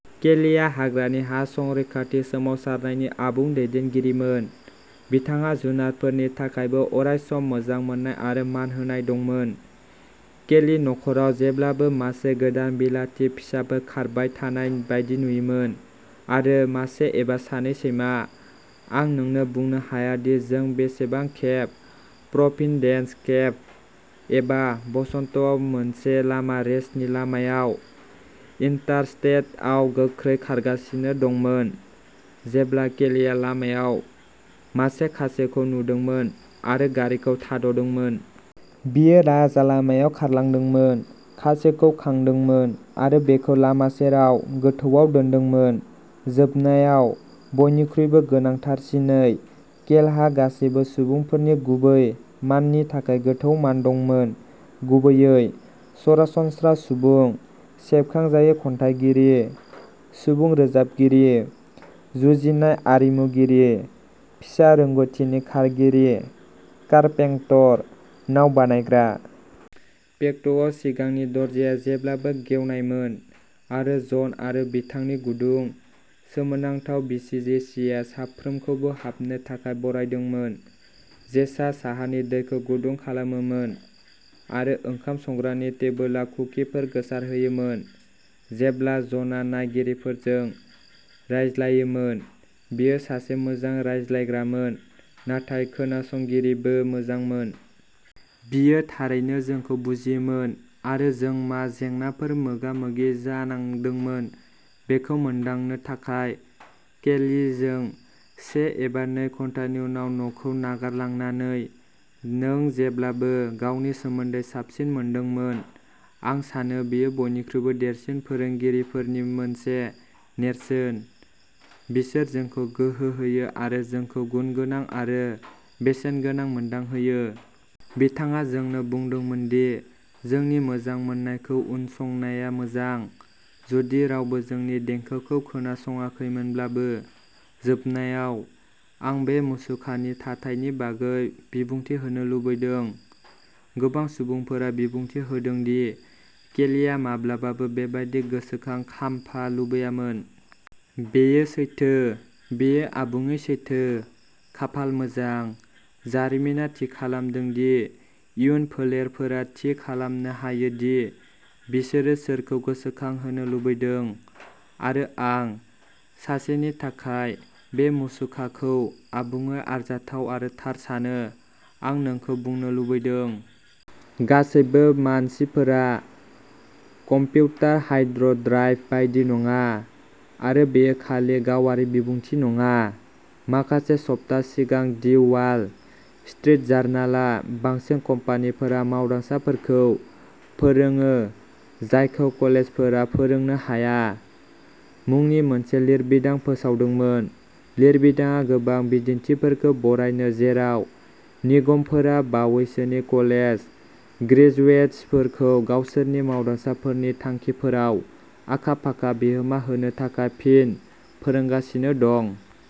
केलिआ हाग्रानि हा-संरैखाथि सोमावसारनायनि आबुं दैदेनगिरिमोन। बिथांहा जुनारफोरनि थाखायबो अरायसम मोजां मोननाय आरो मान होनाय दंमोन। केलि नख'राव जेब्लाबो मासे गोदान बिलाथि फिसाफोर खारबाय थानाय बायदि नुयोमोन, आरो मासे एबा सानै सैमा। आं नोंनो बुंनो हाया दि जों बेसेबां खेब प्रोभिडेन्स, केप, एबा बस्टनआव मोनसे लामा रेसनि लामायाव इन्टारस्टेट आव गोख्रै खारगासिनो दंमोन, जेब्ला केलिआ लामायाव मासे खासेवखौ नुदोंमोन, आरो गारिखौ थाद'दोंमोन। बियो राजालामायाव खारलांदोंमोन, खासेवखौ खांदोंमोन, आरो बेखौ लामा सेराव गोथौआव दोन्दोंमोन। जोबनायाव, बयनिख्रुइबो गोनांथारसिनै, केलहा गासैबो सुबुंफोरनि गुबै माननि थाखाय गोथौ मान दंमोन, गुबैयै सरासनस्रा सुबुं, सेबखांजायै खन्थाइगिरि, सुबुं रोजाबगिरि, जुजिनाय आरिमुगिरि, फिसा रोंग'थिनि खारगिरि, कारपेंटर, नाव बानायग्रा। पेक'टआव सिगांनि दरजाया जेब्लाबो गेवनायमोन, आरो जन आरो बिथांनि गुदुं, सोमोनांथाव बिसि जेसिआ साफ्रोमखौबो हाबनो थाखाय बरायदोंमोन। जेसआ साहानि दैखौ गुदुं खालामोमोन, आरो ओंखाम संग्रानि टेबोलाव कुकिफोर गोसारहोयोमोन। जेब्ला जनआ नायगिरिफोरजों रायज्लायोमोन। बियो सासे मोजां रायज्लायग्रामोन, नाथाय खोनासंगिरिबो मोजांमोन। बियो थारैनो जोंखौ बुजियोमोन, आरो जों मा जेंनाफोर मोगा-मोगि जानांदोंमोन बेखौ मोनदांनो थाखाय। केलिजों से एबा नै घन्टानि उनाव न'खौ नागारलांनानै, नों जेब्लाबो गावनि सोमोन्दै साबसिन मोनदोंमोन। आं सानो बेयो बयनिख्रुइबो देरसिन फोरोंगिरिफोरनि मोनसे नेरसोन-- बिसोर जोंखौ गोहो होयो आरो जोंखौ गुनगोनां आरो बेसेनगोनां मोनदांहोयो। बिथाङा जोंनो बुंदोंमोन दि जोंनि मोजां मोननायखौ उनसंनाया मोजां, जुदि रावबो जोंनि देंखोखौ खोनासंाखैमोनब्लाबो। जोबनायाव, आं बे मुसुखानि थाथायनि बागै बिबुंथि होनो लुबैदों। गोबां सुबुंफोरा बिबुंथि होदों दि केलिआ माब्लाबाबो बेबादि गोसोखां खाम्फा लुबैयामोन। बेयो सैथो। बेयो आबुङै सैथो। खाफाल मोजां, जारिमिना थि खालामदों दि इयुन फोलेरफोरा थि खालामनो हायो दि बिसोरो सोरखौ गोसोखांहोनो लुबैदों। आरो आं, सासेनि थाखाय, बे मुसुखाखौ आबुङै आरजाथाव आरो थार सानो। आं नोंखौ बुंनो लुबैदों। गासैबो, मानसिफ्रा कम्पिउटार हार्ड ड्राइभ बायदि नङा। आरो बेयो खालि गावारि बिबुंथि नङा। माखासे सप्ता सिगां दि वाल स्ट्रिट जार्नाला "बांसिन कम्पानिफोरा मावदांसाफोरखौ फोरोंो जायखौ कलेजफोरा फोरोंनो हाया" मुंनि मोनसे लिरबिदां फोसावदोंमोन। लिरबिदांआ गोबां बिदिन्थिफोरखौ बरनायो जेराव निगमफोरा बावैसोनि कलेज ग्रेजुएट्सफोरखौ गावसोरनि मावदांसाफोरनि थांखिफोराव आखा-फाखा बिहोमा होनो थाखाय फिन फोरोंगासिनो दं।